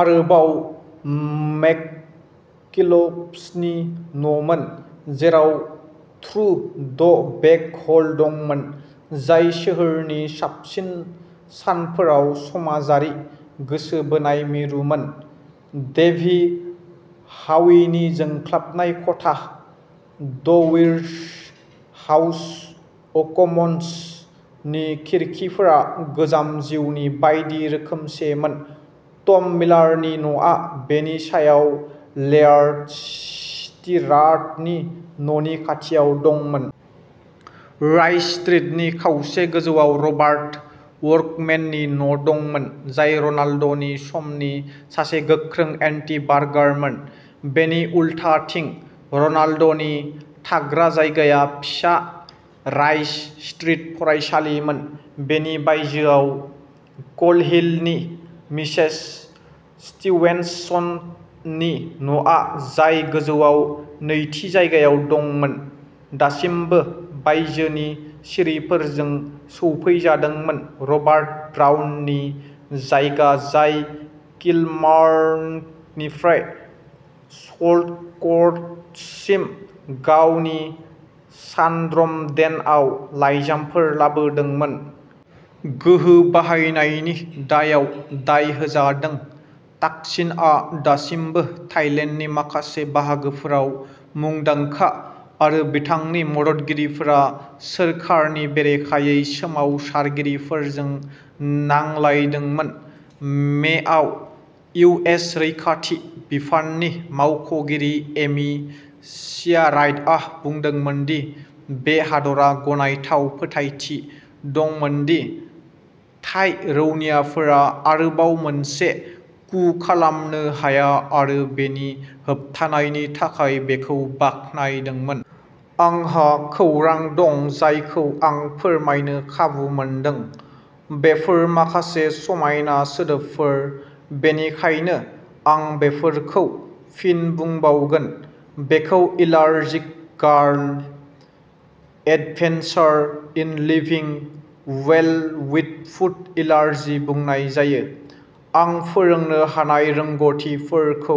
आरोबाव मेककिलप्सनि न'मोन, जेराव "थ्रु द बेक" ह'ल दंमोन, जाय सोहोरनि साबसिन सानफोराव समाजारि गोसो बोनाय मिरुमोन। डेभि हाविनि जोंख्लाबनाय खथा। "द वीवर्स हाउस अ'कमन्स" नि खिरखिफोरा गोजाम जिउनि बायदि रोखोमसेमोन। टम मिलारनि न'आ बेनि सायाव, लेयार्ड स्टिराटनि न'नि खाथियाव दंमोन। राइज स्ट्रीटनि खावसे गोजौआव रबार्ट वर्कमेननि न'दंमोन, जाय र'नाल्डनि समनि सासे गोख्रों एन्टी-बार्गारमोन। बिनि उल्थाथिं। र'नाल्डनि थाग्रा जायगाया फिसा रायज स्ट्रीट फरायसालिमोन; बेनि बायजोआव, क'ल्हिलनि मिसेस स्टीवेन्सननि न'आ, जाय गोजौआव नैथि जायगायाव दंमोन, दासिमबो बायजोनि सिरिफोरजों सौफैजादोंमोन, रबार्ट ब्राउननि जायगा जाय किलमार्नकनिफ्राय सल्टक'ट्ससिम गावनि "शानड्रम डेन" आव लाइजामफोर लाबोदोंमोन। गोहो बाहायनायनि दायआव दाय होजादों। थाकसिनआ दासिमबो थाइलेन्डनि माखासे बाहागोफोराव मुंदांखा, आरो बिथांनि मददगिरिफोरा सोरखारनि बेरेखायै सोमावसारगिरिफोरजों नांलायदोंमोन। मेआव, इउ. एस. रैखाथि बिफाननि मावख'गिरि एमि सियाराइटआ बुंदोंमोन दि बे हादरा "गनायथाव फोथायथि" दंमोन दि थाइ रौनियाफोरा आरोबाव मोनसे कू खालामनो हाया आरो बेनि होबथानायनि थाखाय बेखौ बाख्नायदोंमोन। आंहा खौरां दं जायखौ आं फोरमायनो खाबु मोनदों। बेफोर माखासे समायना सोदोबफोर, बेनिखायनो आं बेफोरखौ फिन बुंबावगोन। बेखौ allergic girl adventurous in living well with food allergy बुंनाय जायो। आं फोरोंनो हानाय रोंग'थिफोरखौ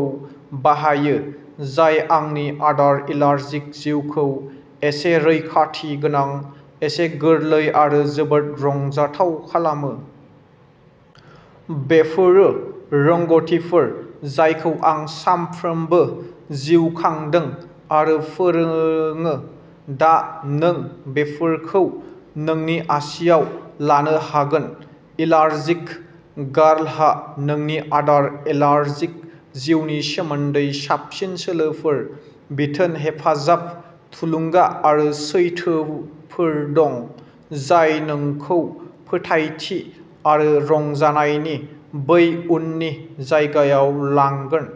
बाहायो जाय आंनि आदार एलार्जिक जिउखौ एसे रैखाथि गोनां, एसे गोरलै आरो जोबोद रंजाथाव खालामो। बेफोरो रोंग'थिफोर जायखौ आं सानफ्रोमबो जिउ खांदों आरो फोरोङो। दा, नों बेफोरखौ नोंनि आसिआव लानो हागोन! एलार्जिक गार्लहा नोंनि आदार एलार्जिक जिउनि सोमोन्दै साबसिन सोलोफोर, बिथोन, हेफाजाब, थुलुंगा आरो सैथोफोर दं जाय नोंखौ फोथायथि आरो रंजानायनि बै उननि जायगायाव लांगोन।